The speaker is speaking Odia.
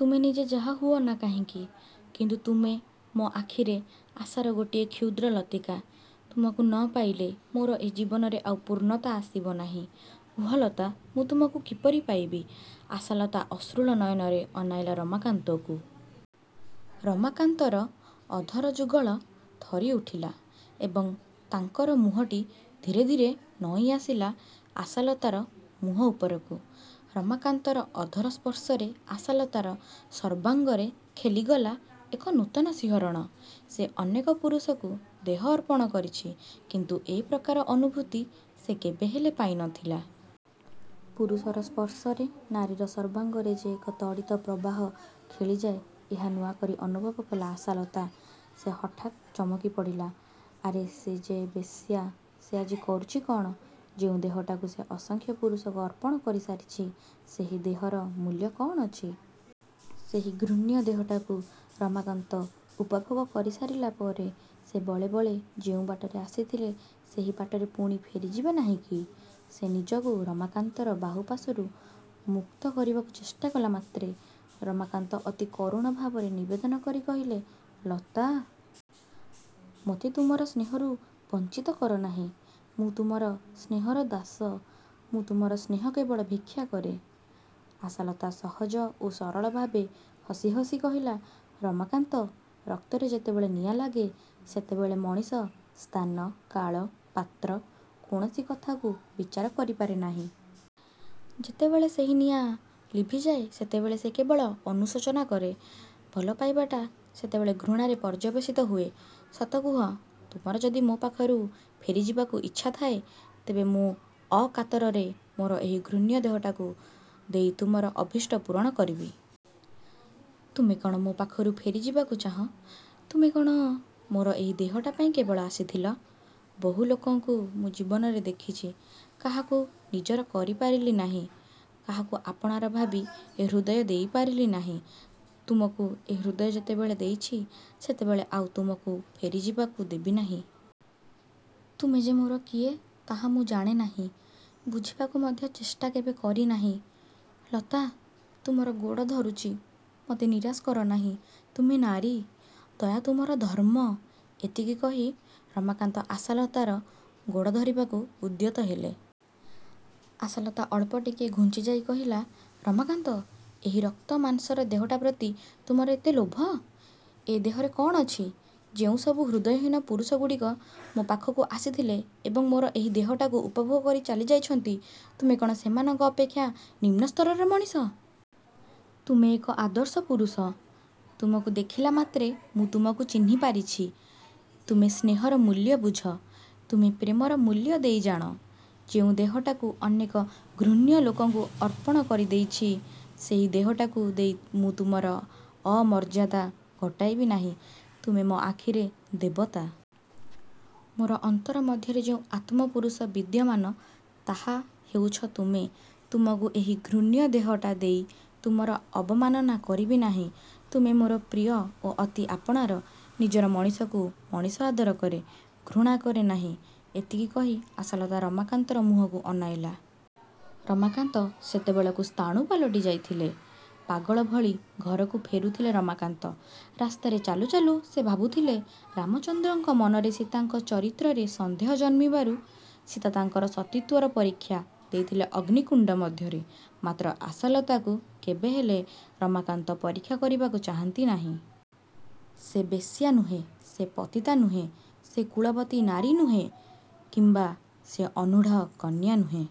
ତୁମେ ନିଜେ ଯାହା ହୁଅନା କାହିଁକି; କିନ୍ତୁ ତୁମେ ମୋ ଆଖିରେ ଆଶାର ଗୋଟିଏ କ୍ଷୁଦ୍ର ଲତିକା। ତୁମକୁ ନ ପାଇଲେ ମୋର ଏ ଜୀବନରେ ଆଉ ପୂର୍ଣ୍ଣତା ଆସିବ ନାହିଁ। କୁହ ଲତା! ମୁଁ ତୁମକୁ କିପରି ପାଇବି? '' ଆଶାଲତା ଅଶ୍ରୁଳ ନୟନରେ ଅନାଇଲା ରମାକାନ୍ତକୁ। ରମାକାନ୍ତର ଅଧର ଯୁଗଳ ଥରିଉଠିଲା ଏବଂ ତାଙ୍କର ମୁହଁଟି ଧୀରେ ଧୀରେ ନଇଁଆସିଲା ଆଶାଲତାର ମୁହଁ ଉପରକୁ। ରମାକାନ୍ତର ଅଧର ସ୍ପର୍ଶରେ ଆଶାଲତାର ସର୍ବାଙ୍ଗରେ ଖେଲିଗଲା ଏକ ନୂତନ ସିହରଣ। ସେ ଅନେକ ପୁରୁଷକୁ ଦେହ ଅର୍ପଣ କରିଛି କିନ୍ତୁ ଏ ପ୍ରକାର ଅନୁଭୂତି ସେ କେବେହେଲେ ପାଇ ନ ଥିଲା। ପୁରୁଷର ସ୍ପର୍ଶରେ ନାରୀର ସର୍ବାଙ୍ଗରେ ଯେ ଏକ ତଡ଼ିତ ପ୍ରବାହ ଖେଳିଯାଏ ଏହା ନୂଆକରି ଅନୁଭବ କଲା ଆଶାଲତା। ସେ ହଠାତ୍ ଚମକି ପଡ଼ିଲା। ଆରେ ସେ ଯେ ବେଶ୍ୟା। ସେ ଆଜି କରୁଛି କ'ଣ? ଯେଉଁ ଦେହଟାକୁ ସେ ଅସଂଖ୍ୟ ପୁରୁଷକୁ ଅର୍ପଣ କରିସାରିଛି ସେହି ଦେହର ମୂଲ୍ୟ କ'ଣ ଅଛି? ସେହି ଘୃଣ୍ୟ ଦେହଟାକୁ ରମାକାନ୍ତ ଉପଭୋଗ କରିସାରିଲା ପରେ ସେ ବଳେ ବଳେ ଯେଉଁ ବାଟରେ ଆସିଥିଲେ ସେହି ବାଟରେ ପୁଣି ଫେରିଯିବେ ନାହିଁକି? ସେ ନିଜକୁ ରମାକାନ୍ତର ବାହୁପାଶରୁ ମୁକ୍ତ କରିବାକୁ ଚେଷ୍ଟା କଲାମାତ୍ରେ ରମାକାନ୍ତ ଅତି କରୁଣଭାବରେ ନିବେଦନ କରି କହିଲେ, ''ଲତା! ମୋତେ ତୁମର ସ୍ନେହରୁ ବଞ୍ଚିତ କରନାହିଁ। ମୁଁ ତୁମର ସ୍ନେହର ଦାସ। ମୁଁ ତୁମର ସ୍ନେହ କେବଳ ଭିକ୍ଷାକରେ। '' ଆଶାଲତା ସହଜ ଓ ସରଳ ଭାବେ ହସି ହସି କହିଲା, ''ରମାକାନ୍ତ! ରକ୍ତରେ ଯେତେବେଳେ ନିଆଁ ଲାଗେ ସେତେବେଳେ ମଣିଷ ସ୍ଥାନ, କାଳ, ପାତ୍ର କୌଣସି କଥାକୁ ବିଚାର କରିପାରେ ନାହିଁ। ଯେତେବେଳେ ସେହି ନିଆଁ ଲିଭିଯାଏ, ସେତେବେଳେ ସେ କେବଳ ଅନୁଶୋଚନା କରେ। ଭଲ ପାଇବାଟା ସେତେବେଳେ ଘୃଣାରେ ପର୍ଯ୍ୟବେସିତ ହୁଏ। ସତ କୁହ, ତୁମର ଯଦି ମୋ ପାଖରୁ ଫେରିଯିବାକୁ ଇଚ୍ଛାଥାଏ, ତେବେ ମୁଁ ଅକାତରରେ ମୋର ଏହି ଘୃଣ୍ୟଦେହଟାକୁ ଦେଇ ତୁମର ଅଭୀଷ୍ଟ ପୂରଣ କରିବି। ତୁମେ କ'ଣ ମୋ ପାଖରୁ ଫେରିଯିବାକୁ ଚାହଁ ତୁମେ କ'ଣ? ମୋର ଏହି ଦେହଟା ପାଇଁ କେବଳ ଆସିଥିଲ? ବହୁ ଲୋକଙ୍କୁ ମୁଁ ଜୀବନରେ ଦେଖିଛି। କାହାକୁ ନିଜର କରିପାରିଲି ନାହିଁ। କାହାକୁ ଆପଣାର ଭାବି ଏ ହୃଦୟ ଦେଇପାରିଲି ନାହିଁ। ତୁମକୁ ଏ ହୃଦୟ ଯେତେବେଳେ ଦେଇଛି ସେତେବେଳେ ଆଉ ତୁମକୁ ଫେରିଯିବାକୁ ଦେବିନାହିଁ। ତୁମେ ଯେ ମୋର କିଏ ତାହା ମୁଁ ଜାଣେ ନାହିଁ। ବୁଝିବାକୁ ମଧ୍ୟ ଚେଷ୍ଟା କେବେ କରିନାହିଁ। '' ''ଲତା! ତୁମର ଗୋଡ଼ ଧରୁଚି। ମୋତେ ନିରାଶ କର ନାହିଁ। ତୁମେ ନାରୀ। ଦୟା ତୁମର ଧର୍ମ। '' ଏତିକି କହି ରମାକାନ୍ତ ଆଶାଲତାର ଗୋଡ଼ ଧରିବାକୁ ଉଦ୍ୟତ ହେଲେ। ଆଶାଲତା ଅଳ୍ପ ଟିକିଏ ଘୁଞ୍ଚିଯାଇ କହିଲା, ''ରମାକାନ୍ତ! ଏହି ରକ୍ତମାଂସର ଦେହଟାପ୍ରତି ତୁମର ଏତେ ଲୋଭ? ଏ ଦେହରେ କ'ଣ ଅଛି? ଯେଉଁସବୁ ହୃଦୟହୀନ ପୁରୁଷଗୁଡ଼ିକ ମୋ ପାଖକୁ ଆସିଥିଲେ ଏବଂ ମୋର ଏହି ଦେହଟାକୁ ଉପଭୋଗ କରି ଚାଲିଯାଇଛନ୍ତି, ତୁମେ କ'ଣ ସେମାନଙ୍କ ଅପେକ୍ଷା ନିମ୍ନସ୍ତରର ମଣିଷ? ତୁମେ ଏକ ଆଦର୍ଶ ପୁରୁଷ-। ତୁମକୁ ଦେଖିଲା ମାତ୍ରେ ମୁଁ ତୁମକୁ ଚିହ୍ନିପାରିଛି। ତୁମେ ସ୍ନେହର ମୂଲ୍ୟ ବୁଝ। ତୁମେ ପ୍ରେମର ମୂଲ୍ୟ ଦେଇଜାଣ। ଯେଉଁ ଦେହଟାକୁ ଅନେକ ଘୃଣ୍ୟଲୋକଙ୍କୁ ଅର୍ପଣ କରିଦେଇଛି, ସେହି ଦେହଟାକୁ ଦେଇ ମୁଁ ତୁମର ଅମର୍ଯ୍ୟଦା ଘଟାଇବି ନାହିଁ। ତୁମେ ମୋ ଆଖିରେ ଦେବତା। ମୋର ଅନ୍ତର ମଧ୍ୟରେ ଯେଉଁ ଆତ୍ମପୁରୁଷ ବିଦ୍ୟମାନ ତାହା ହେଉଛ ତୁମେ। ତୁମକୁ ଏହି ଘୃଣ୍ୟଦେହଟା ଦେଇ ତୁମର ଅବମାନନା କରିବି ନାହିଁ। ତୁମେ ମୋର ପ୍ରିୟ ଓ ଅତି ଆପଣାର। ନିଜର ମଣିଷକୁ ମଣିଷ ଆଦର କରେ। ଘୃଣା କରେ ନାହିଁ। ଏତିକି କହି ଆଶାଲତା ରମାକାନ୍ତର ମୁହଁକୁ ଅନାଇଲା। ରମାକାନ୍ତ ସେତେବେଳକୁ ସ୍ଥାଣୁ ପାଲଟି ଯାଇଥିଲେ। ପାଗଳ ଭଳି ଘରକୁ ଫେରୁଥିଲେ ରମାକାନ୍ତ। ରାସ୍ତାରେ ଚାଲୁ ଚାଲୁ ସେ ଭାବୁଥିଲେ ରାମଚନ୍ଦ୍ରଙ୍କ ମନରେ ସୀତାଙ୍କ ଚରିତ୍ରରେ ସନ୍ଦେହ ଜନ୍ମିବାରୁ ସୀତା ତାଙ୍କର ସତୀତ୍ୱର ପରୀକ୍ଷା ଦେଇଥିଲେ ଅଗ୍ନିକୁଣ୍ଡ ମଧ୍ୟରେ। ମାତ୍ର ଆଶାଲତାକୁ କେବେହେଲେ ରମାକାନ୍ତ ପରୀକ୍ଷା କରିବାକୁ ଚାହାଁନ୍ତି ନାହିଁ। ସେ ବେଶ୍ୟା ନୁହେଁ। ସେ ପତିତା ନୁହେଁ। ସେ କୁଳବତୀ ନାରୀ ନୁହେଁ କିମ୍ବା ସେ ଅନୂଢ଼ କନ୍ୟା ନୁହେଁ।